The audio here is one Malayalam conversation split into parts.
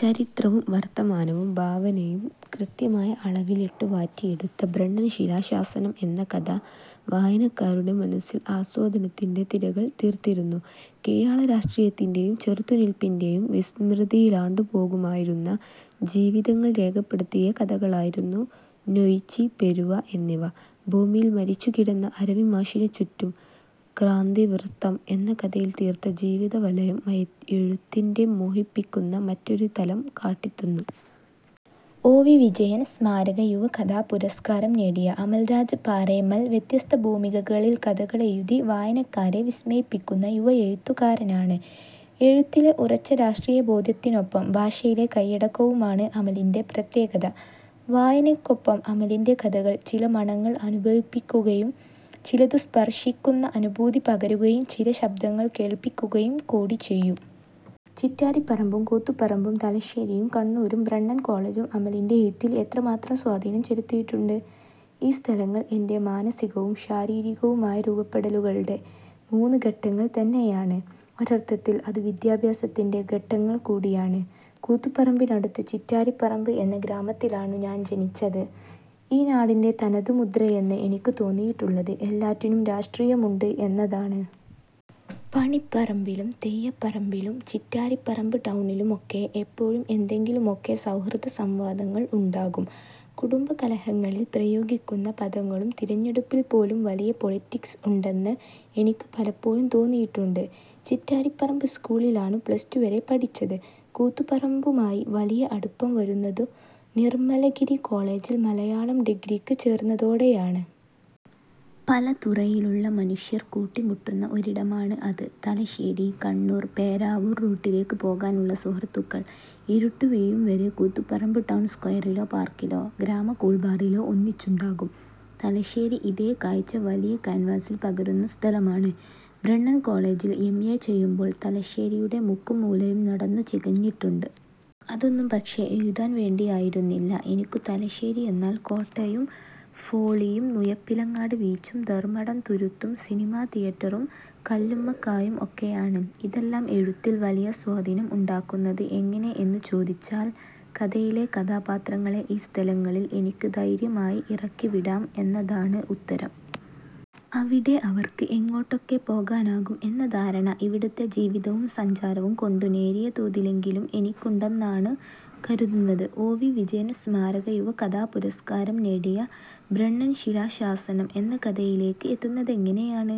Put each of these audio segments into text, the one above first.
ചരിത്രവും വർത്തമാനവും ഭാവനയും കൃത്യമായ അളവിലിട്ടു വാറ്റിയെടുത്ത ' ബ്രണ്ണൻ ശിലാശാസനം ' എന്ന കഥ വായനക്കാരുടെ മനസ്സിൽ ആസ്വാദനത്തിന്റെ തിരകൾ തീർത്തിരുന്നു. കീഴാള രാഷ്ട്രീയത്തിന്റെയും ചെറുത്തുനിൽപിന്റെയും, വിസ്മൃതിയിലാണ്ടുപോകുമായിരുന്ന ജീവിതങ്ങൾ രേഖപ്പെടുത്തിയ കഥകളായിരുന്നു നൊയിച്ചി, പെരുവ എന്നിവ. ' ഭൂമി'യിൽ മരിച്ചുകിടന്ന അരവിമാഷിനു ചുറ്റും ' ക്രാന്തിവൃത്തം ' എന്ന കഥയിൽ തീർത്ത ജീവിതവലയം എഴുത്തിന്റെ മോഹിപ്പിക്കുന്ന മറ്റൊരു തലം കാട്ടിത്തന്നു. ഒ. വി. വിജയൻ സ്മാരക യുവ കഥാപുരസ്കാരം നേടിയ അമൽരാജ് പാറേമ്മൽ വ്യത്യസ്ത ഭൂമികകളിൽ കഥകളെഴുതി വായനക്കാരെ വിസ്മയിപ്പിക്കുന്ന യുവ എഴുത്തുകാരനാണ്. എഴുത്തിലെ ഉറച്ച രാഷ്ട്രീയബോധ്യത്തിനൊപ്പം ഭാഷയിലെ കയ്യടക്കവുമാണ് അമലിന്റെ പ്രത്യേകത. വായനയ്ക്കൊപ്പം അമലിന്റെ കഥകൾ ചില മണങ്ങൾ അനുഭവിപ്പിക്കുകയും ചിലതു സ്പർശിക്കുന്ന അനുഭൂതി പകരുകയും ചില ശബ്ദങ്ങൾ കേൾപ്പിക്കുകയും കൂടി ചെയ്യും. ചിറ്റാരിപ്പറമ്പും കൂത്തുപറമ്പും തലശ്ശേരിയും കണ്ണൂരും ബ്രണ്ണൻ കോളജും അമലിന്റെ എഴുത്തിൽ എത്ര മാത്രം സ്വാധീനം ചെലുത്തിയിട്ടുണ്ട്? ഈ സ്ഥലങ്ങൾ എന്റെ മാനസികവും ശാരീരികവുമായ രൂപപ്പെടലുകളുടെ മൂന്നു ഘട്ടങ്ങൾ തന്നെയാണ്. ഒരർഥത്തിൽ അതു വിദ്യാഭ്യാസത്തിന്റെ ഘട്ടങ്ങൾ കൂടിയാണ്. കൂത്തുപറമ്പിനടുത്തു ചിറ്റാരിപ്പറമ്പ് എന്ന ഗ്രാമത്തിലാണു ഞാൻ ജനിച്ചത്. ഈ നാടിന്റെ തനതുമുദ്രയെന്ന് എനിക്കു തോന്നിയിട്ടുള്ളത് എല്ലാറ്റിനും രാഷ്ട്രീയമുണ്ട് എന്നതാണ്. പണിപ്പറമ്പിലും തെയ്യപ്പറമ്പിലും ചിറ്റാരിപ്പറമ്പ് ടൗണിലും ഒക്കെ എപ്പോഴും എന്തെങ്കിലുമൊക്കെ സൗഹൃദ സംവാദങ്ങൾ ഉണ്ടാകും. കുടുംബ കലഹങ്ങളിൽ പ്രയോഗിക്കുന്ന പദങ്ങളുടെ തിരഞ്ഞെടുപ്പിൽ പോലും വലിയ പൊളിറ്റിക്സ് ഉണ്ടെന്ന് എനിക്കു പലപ്പോഴും തോന്നിയിട്ടുണ്ട്. ചിറ്റാരിപ്പറമ്പ് സ്കൂളിലാണു പ്ലസ്ടു വരെ പഠിച്ചത്. കൂത്തുപറമ്പുമായി വലിയ അടുപ്പം വരുന്നതു നിർമലഗിരി കോളജിൽ മലയാളം ഡിഗ്രിക്ക് ചേർന്നതോടെയാണ്. പല തുറയിലുള്ള മനുഷ്യർ കൂട്ടിമുട്ടുന്ന ഒരിടമാണ് അത്. തലശ്ശേരി, കണ്ണൂർ, പേരാവൂർ റൂട്ടിലേക്ക് പോകാനുള്ള സുഹൃത്തുക്കൾ ഇരുട്ടു വീഴും വരെ കൂത്തുപറമ്പ് ടൗൺ സ്ക്വയറിലോ പാർക്കിലോ ഗ്രാമ കൂൾബാറിലോ ഒന്നിച്ചുണ്ടാകും. തലശ്ശേരി ഇതേ കാഴ്ച വലിയ കാൻവാസിൽ പകരുന്ന സ്ഥലമാണ്. ബ്രണ്ണൻ കോളജിൽ എംഎ ചെയ്യുമ്പോൾ തലശ്ശേരിയുടെ മുക്കും മൂലയും നടന്നു ചികഞ്ഞിട്ടുണ്ട്. അതൊന്നും പക്ഷേ, എഴുതാൻ വേണ്ടിയായിരുന്നില്ല. എനിക്കു തലശ്ശേരിയെന്നാൽ കോട്ടയും ഫോളിയും മുഴപ്പിലങ്ങാട് ബീച്ചും ധർമടം തുരുത്തും സിനിമാ തിയറ്ററും കല്ലുമ്മക്കായും ഒക്കെയാണ്. ഇതെല്ലാം എഴുത്തിൽ വലിയ സ്വാധീനം ഉണ്ടാക്കുന്നത് എങ്ങനെ എന്നു ചോദിച്ചാൽ കഥയിലെ കഥാപാത്രങ്ങളെ ഈ സ്ഥലങ്ങളിൽ എനിക്ക് ധൈര്യമായി ഇറക്കി വിടാം എന്നതാണ് ഉത്തരം. അവിടെ അവർക്ക് എങ്ങോട്ടൊക്കെ പോകാനാകും എന്ന ധാരണ ഇവിടുത്തെ ജീവിതവും സഞ്ചാരവും കൊണ്ടു നേരിയ തോതിലെങ്കിലും എനിക്കുണ്ടെന്നാണു കരുതുന്നത്. ഒ. വി. വിജയൻ സ്മാരക യുവകഥാപുരസ്കാരം നേടിയ ' ബ്രണ്ണൻ ശിലാശാസനം ' എന്ന കഥയിലേക്ക് എത്തുന്നതെങ്ങനെയാണ്?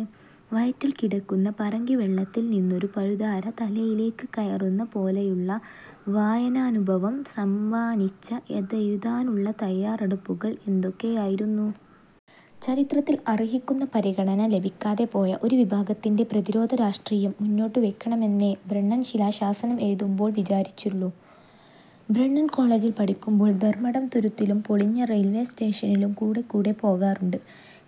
വയറ്റിൽ കിടക്കുന്ന പറങ്കിവെള്ളത്തിൽ നിന്നൊരു പഴുതാര തലയിലേക്ക് കയറുന്ന പോലെയുള്ള വായനാനുഭവം സമ്മാനിച്ച അതെഴുതാനുള്ള തയാറെടുപ്പുകൾ എന്തൊക്കെയായിരുന്നു? ചരിത്രത്തിൽ അർഹിക്കുന്ന പരിഗണന ലഭിക്കാതെ പോയ ഒരു വിഭാഗത്തിന്റെ പ്രതിരോധ രാഷ്ട്രീയം മുന്നോട്ടുവയ്ക്കണമെന്നേ ' ബ്രണ്ണൻ ശിലാശാസനം ' എഴുതുമ്പോൾ വിചാരിച്ചുള്ളൂ. ബ്രണ്ണൻ കോളജിൽ പഠിക്കുമ്പോൾ ധർമടം തുരുത്തിലും പൊളിഞ്ഞ റയിൽവേ സ്റ്റേഷനിലും കൂടെക്കൂടെ പോകാറുണ്ട്.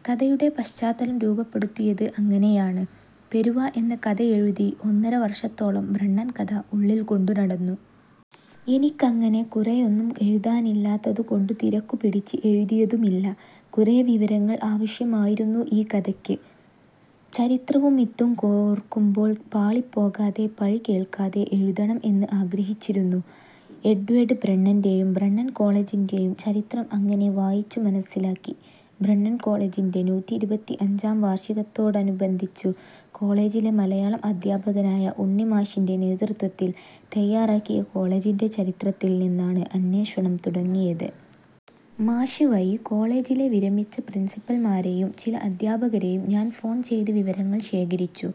കഥയുടെ പശ്ചാത്തലം രൂപപ്പെടുത്തിയത് അങ്ങനെയാണ്. ' പെരുവ ' എന്ന കഥയെഴുതി ഒന്നര വർഷത്തോളം ബ്രണ്ണൻകഥ ഉള്ളിൽ കൊണ്ടു നടന്നു. എനിക്കങ്ങനെ കുറെയൊന്നും എഴുതാനില്ലാത്തതു കൊണ്ടു തിരക്കുപിടിച്ച് എഴുതിയതുമില്ല. കുറേ വിവരങ്ങൾ ആവശ്യമായിരുന്നു ഈ കഥയ്ക്ക്. ചരിത്രവും മിത്തും കോർക്കുമ്പോൾ പാളിപ്പോകാതെ, പഴി കേൾക്കാതെ എഴുതണം എന്ന് ആഗ്രഹിച്ചിരുന്നു. എഡ്വേഡ് ബ്രണ്ണന്റെയും ബ്രണ്ണൻ കോളജിന്റെയും ചരിത്രം അങ്ങനെ വായിച്ചു മനസ്സിലാക്കി. ബ്രണ്ണൻ കോളജിന്റെ നൂറ്റിഇരുപത്തിഅഞ്ചാം വാർഷികത്തോടനുബന്ധിച്ചു കോളജിലെ മലയാളം അധ്യാപകനായ ഉണ്ണിമാഷിന്റെ നേതൃത്വത്തിൽ തയാറാക്കിയ കോളജിന്റെ ചരിത്രത്തിൽ നിന്നാണ് അന്വേഷണം തുടങ്ങിയത്. മാഷ് വഴി, കോളജിലെ വിരമിച്ച പ്രിൻസിപ്പൽമാരെയും ചില അധ്യാപകരെയും ഞാൻ ഫോൺ ചെയ്തു വിവരങ്ങൾ ശേഖരിച്ചു.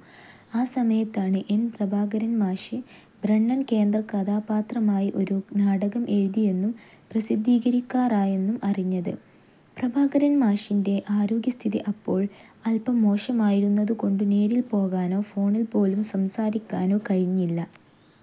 ആ സമയത്താണ് എൻ. പ്രഭാകരൻ മാഷ് ബ്രണ്ണൻ കേന്ദ്ര കഥാപാത്രമായി ഒരു നാടകം എഴുതിയെന്നും പ്രസിദ്ധീകരിക്കാറായെന്നും അറിഞ്ഞത്. പ്രഭാകരൻ മാഷിന്റെ ആരോഗ്യസ്ഥിതി അപ്പോൾ അൽപം മോശമായിരുന്നതു കൊണ്ടു നേരിൽ പോകാനോ ഫോണിൽ പോലും സംസാരിക്കാനോ കഴിഞ്ഞില്ല.